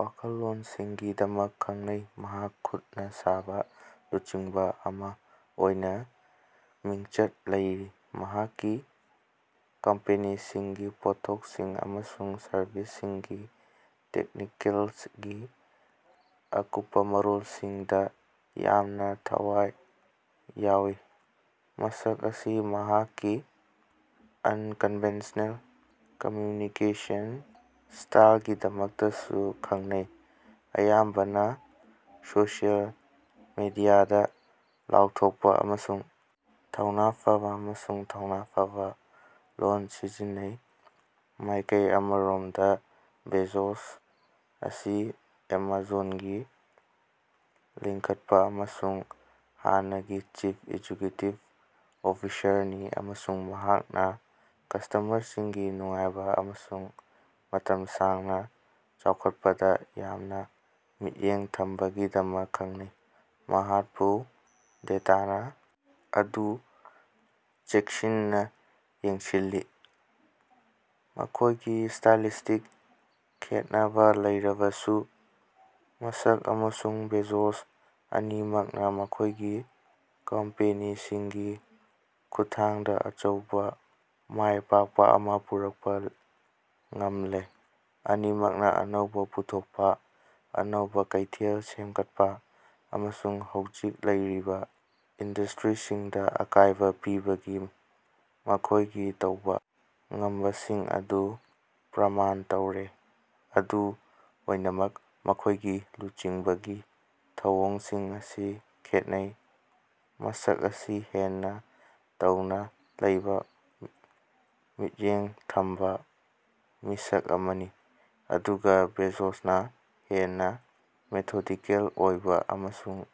ꯋꯥꯈꯜꯂꯣꯟꯁꯤꯡꯒꯤꯗꯃꯛ ꯈꯪꯅꯩ꯫ ꯃꯍꯥꯛ ꯈꯨꯠꯅ ꯁꯥꯕ ꯂꯨꯆꯤꯡꯕ ꯑꯃ ꯑꯣꯏꯅ ꯃꯤꯡꯆꯠ ꯂꯩꯔꯤ, ꯃꯍꯥꯛꯀꯤ ꯀꯝꯄꯦꯅꯤꯁꯤꯡꯒꯤ ꯄꯣꯠꯊꯣꯛꯁꯤꯡ ꯑꯃꯁꯨꯡ ꯁꯔꯕꯤꯁꯁꯤꯡꯒꯤ ꯇꯦꯛꯅꯤꯀꯦꯜꯒꯤ ꯑꯀꯨꯞꯄ ꯃꯔꯣꯜꯁꯤꯡꯗ ꯌꯥꯝꯅ ꯊꯋꯥꯏ ꯌꯥꯎꯏ꯫ ꯃꯁꯛ ꯑꯁꯤ ꯃꯍꯥꯛꯀꯤ ꯑꯟꯀꯟꯚꯦꯅꯁꯅꯦꯜ ꯀꯝꯃ꯭ꯌꯨꯅꯤꯀꯦꯁꯟ ꯁ꯭ꯇꯥꯏꯜꯒꯤꯗꯃꯛꯇꯁꯨ ꯈꯪꯅꯩ, ꯑꯌꯥꯝꯕꯅ ꯁꯣꯁꯤꯌꯦꯜ ꯃꯤꯗꯤꯌꯥꯗ ꯂꯥꯎꯊꯣꯛꯄ ꯑꯃꯁꯨꯡ ꯊꯧꯅ ꯐꯕꯥ ꯑꯃꯁꯨꯡ ꯊꯧꯅ ꯐꯕꯥ ꯂꯣꯜ ꯁꯤꯖꯤꯟꯅꯩ꯫ ꯃꯥꯏꯀꯩ ꯑꯃꯔꯣꯝꯗ ꯕꯦꯖꯣꯁ ꯑꯁꯤ ꯑꯦꯃꯥꯖꯣꯟꯒꯤ ꯂꯤꯡꯈꯠꯄ ꯑꯃꯁꯨꯡ ꯍꯥꯟꯅꯒꯤ ꯆꯤꯐ ꯑꯦꯖꯦꯀ꯭ꯌꯨꯇꯤꯐ ꯑꯣꯐꯤꯁꯥꯔ ꯅꯤ ꯑꯃꯁꯨꯡ ꯃꯍꯥꯛꯅ ꯀꯁ꯭ꯇꯃꯔꯁꯤꯡꯒꯤ ꯅꯨꯡꯉꯥꯏꯕ ꯑꯃꯁꯨꯡ ꯃꯇꯝ ꯁꯥꯡꯅ ꯆꯥꯎꯈꯠꯄꯗꯥ ꯌꯥꯝꯅ ꯃꯤꯠꯌꯦꯡ ꯊꯝꯕꯒꯤꯗꯃꯛ ꯈꯪꯅꯩ꯫ ꯃꯍꯥꯠꯄꯨ ꯗꯦꯇꯥꯅ ꯑꯗꯨ ꯆꯦꯛꯁꯤꯟꯅ ꯌꯦꯡꯁꯤꯜꯂꯤ꯫ ꯃꯈꯣꯏꯒꯤ ꯁ꯭ꯇꯥꯏꯂꯤꯁ꯭ꯇꯤꯛ ꯈꯦꯠꯅꯕ ꯂꯩꯔꯕꯁꯨ ꯃꯁ꯭ꯛ ꯑꯃꯁꯨꯡ ꯕꯦꯖꯣꯁ ꯑꯅꯤꯃꯛꯅ ꯃꯈꯣꯏꯒꯤ ꯀꯝꯄꯦꯅꯤꯁꯤꯡꯒꯤ ꯈꯨꯠꯊꯥꯡꯗ ꯑꯆꯧꯕ ꯃꯥꯏꯄꯥꯛꯄ ꯑꯃ ꯄꯨꯔꯛꯄ ꯉꯝꯂꯦ꯫ ꯑꯅꯤꯃꯛꯅ ꯑꯅꯧꯕ ꯄꯨꯊꯣꯛꯄ, ꯑꯅꯧꯕ ꯀꯩꯊꯦꯜ ꯁꯦꯝꯒꯠꯄ, ꯑꯃꯁꯨꯡ ꯍꯧꯖꯤꯛ ꯂꯩꯔꯤꯕ ꯏꯟꯗꯁꯇ꯭ꯔꯤꯁꯤꯡꯗ ꯑꯀꯥꯏꯕ ꯄꯤꯕꯒꯤ ꯃꯈꯣꯏꯒꯤ ꯇꯧꯕ ꯉꯝꯕꯁꯤꯡ ꯑꯗꯨ ꯄ꯭ꯔꯃꯥꯟ ꯇꯧꯔꯦ꯫ ꯑꯗꯨꯝ ꯑꯣꯏꯅꯃꯛ, ꯃꯈꯣꯏꯒꯤ ꯂꯨꯆꯤꯡꯕꯒꯤ ꯊꯧꯑꯣꯡꯁꯤꯡ ꯑꯁꯤ ꯈꯦꯠꯅꯩ, ꯃꯁ꯭ꯛ ꯑꯁꯤ ꯍꯦꯟꯅ ꯊꯧꯅ ꯂꯩꯕ ꯃꯤꯠꯌꯦꯡ ꯊꯝꯕ ꯃꯤꯁꯛ ꯑꯃꯅꯤ, ꯑꯗꯨꯒ ꯕꯦꯖꯣꯁꯅꯥ ꯍꯦꯟꯅ ꯃꯦꯊꯣꯗꯤꯀꯦꯜ ꯑꯣꯏꯕ ꯑꯃꯁꯨꯡ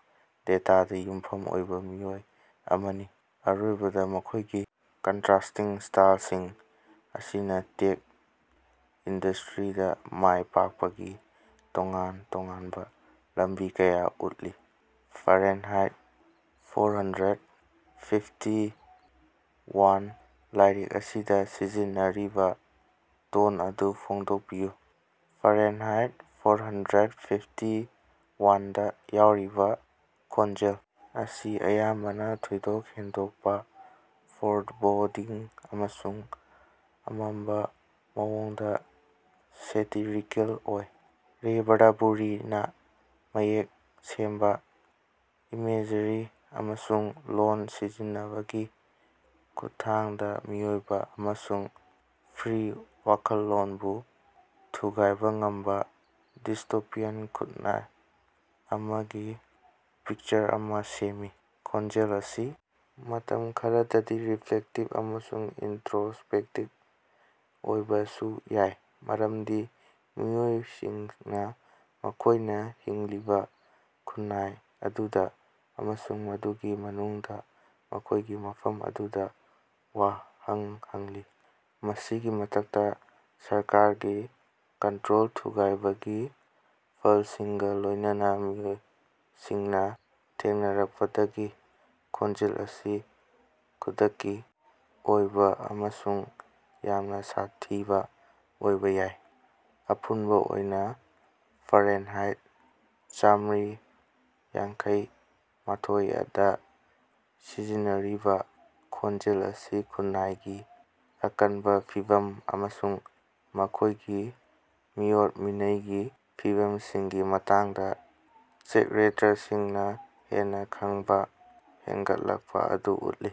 ꯗꯦꯇꯥꯗ ꯌꯨꯝꯐꯝ ꯑꯣꯏꯕ ꯃꯤꯑꯣꯏ ꯑꯃꯅꯤ꯫ ꯑꯔꯣꯏꯕꯗ ꯃꯈꯣꯏꯒꯤ ꯀꯟꯇꯔꯥꯁ꯭ꯇꯤꯡ ꯁ꯭ꯇꯥꯏꯜꯁꯤꯡ ꯑꯁꯤꯅ ꯇꯦꯛ ꯏꯟꯗꯁꯇ꯭ꯔꯤꯗꯥ ꯃꯥꯏ ꯄꯥꯛꯄꯒꯤ ꯇꯣꯉꯥꯟ ꯇꯣꯉꯥꯟꯕ ꯂꯝꯕꯤ ꯀꯌꯥ ꯎꯠꯂꯤ꯫ Fahrenheit - four hundred fifty one ꯂꯥꯏꯔꯤꯛ ꯑꯁꯤꯗ ꯁꯤꯖꯤꯟꯅꯔꯤꯕ ꯇꯣꯟ ꯑꯗꯨ ꯐꯣꯡꯗꯣꯛꯄꯤꯌꯨ꯫ Fahrenheit - four hundred fifty one ꯗꯥ ꯌꯥꯎꯔꯤꯕ ꯈꯣꯟꯖꯦꯜ ꯑꯁꯤ ꯑꯌꯥꯝꯕꯅ ꯊꯣꯏꯗꯣꯛ ꯍꯦꯟꯗꯣꯛꯄ, ꯐꯣꯔꯕꯣꯗꯤꯡ ꯑꯃꯁꯨꯡ ꯑꯃꯝꯕ ꯃꯑꯣꯡꯗ ꯁꯦꯇꯤꯔꯤꯀꯦꯜ ꯑꯣꯏ꯫ ꯔꯦ ꯕ꯭ꯔꯗꯕꯨꯔꯤꯅꯥ ꯃꯌꯦꯛ ꯁꯦꯡꯕꯥ ꯏꯃꯦꯖꯔꯤ ꯑꯃꯁꯨꯡ ꯂꯣꯜ ꯁꯤꯖꯤꯟꯅꯕꯒꯤ ꯈꯨꯠꯊꯥꯡꯗ ꯃꯤꯑꯣꯏꯕ ꯑꯃꯁꯨꯡ ꯐ꯭ꯔꯤ ꯋꯥꯈꯜꯂꯣꯟꯕꯨ ꯊꯨꯒꯥꯏꯕ ꯉꯝꯕ ꯗꯤꯁ꯭ꯇꯣꯄꯤꯌꯥꯟ ꯈꯨꯟꯅꯥꯏ ꯑꯃꯒꯤ ꯄꯤꯛꯆꯔ ꯑꯃ ꯁꯦꯝꯃꯤ꯫ ꯈꯣꯟꯖꯦꯜ ꯑꯁꯤ ꯃꯇꯝ ꯈꯔꯗꯗꯤ ꯔꯤꯐ꯭ꯂꯦꯛꯇꯤꯕ ꯑꯃꯁꯨꯡ ꯏꯟꯇꯔꯣꯁ꯭ꯄꯦꯛꯇꯤꯕ ꯑꯣꯏꯕꯁꯨ ꯌꯥꯏ, ꯃꯔꯝꯗꯤ ꯃꯤꯑꯣꯏꯁꯤꯡꯅ ꯃꯈꯣꯏꯅ ꯍꯤꯡꯂꯤꯕ ꯈꯨꯟꯅꯥꯏ ꯑꯗꯨꯗ ꯑꯃꯁꯨꯡ ꯃꯗꯨꯒꯤ ꯃꯅꯨꯡꯗ ꯃꯈꯣꯏꯒꯤ ꯃꯐꯝ ꯑꯗꯨꯗ ꯋꯥꯍꯪ ꯍꯪꯂꯤ꯫ ꯃꯁꯤꯒꯤ ꯃꯊꯛꯇ, ꯁꯔꯀꯥꯔꯒꯤ ꯀꯟꯇꯔꯣꯜ ꯊꯨꯒꯥꯏꯕꯒꯤ ꯐꯜꯁꯤꯡꯒ ꯂꯣꯏꯅꯅꯥ ꯃꯤꯑꯣꯏꯁꯤꯡꯅ ꯊꯦꯡꯅꯔꯛꯄꯗꯒꯤ ꯈꯣꯟꯖꯦꯜ ꯑꯁꯤ ꯈꯨꯗꯛꯀꯤ ꯑꯣꯏꯕ ꯑꯃꯁꯨꯡ ꯌꯥꯝꯅ ꯁꯥꯊꯤꯕ ꯑꯣꯏꯕ ꯌꯥꯏ꯫ ꯑꯄꯨꯟꯕ ꯑꯣꯏꯅ, ꯐꯥꯔꯦꯟꯍꯥꯏꯠ ꯆꯥꯝꯔꯤ ꯌꯥꯡꯈꯩ ꯃꯥꯊꯣꯏ ꯗꯥ ꯁꯤꯖꯤꯟꯅꯔꯤꯕꯥ ꯈꯣꯟꯖꯦꯜ ꯑꯁꯤꯅ ꯈꯨꯟꯅꯥꯏꯒꯤ ꯑꯀꯟꯕ ꯐꯤꯚꯝ ꯑꯃꯁꯨꯡ ꯃꯈꯣꯏꯒꯤ ꯃꯤꯑꯣꯠ-ꯃꯤꯅꯩꯒꯤ ꯐꯤꯚꯝꯁꯤꯡꯒꯤ ꯃꯇꯥꯡꯗ ꯆꯦꯛꯔꯦꯇꯔꯁꯤꯡꯅ ꯍꯦꯟꯅ ꯈꯪꯕ ꯍꯦꯟꯒꯠꯂꯛꯄ ꯑꯗꯨ ꯎꯠꯂꯤ꯫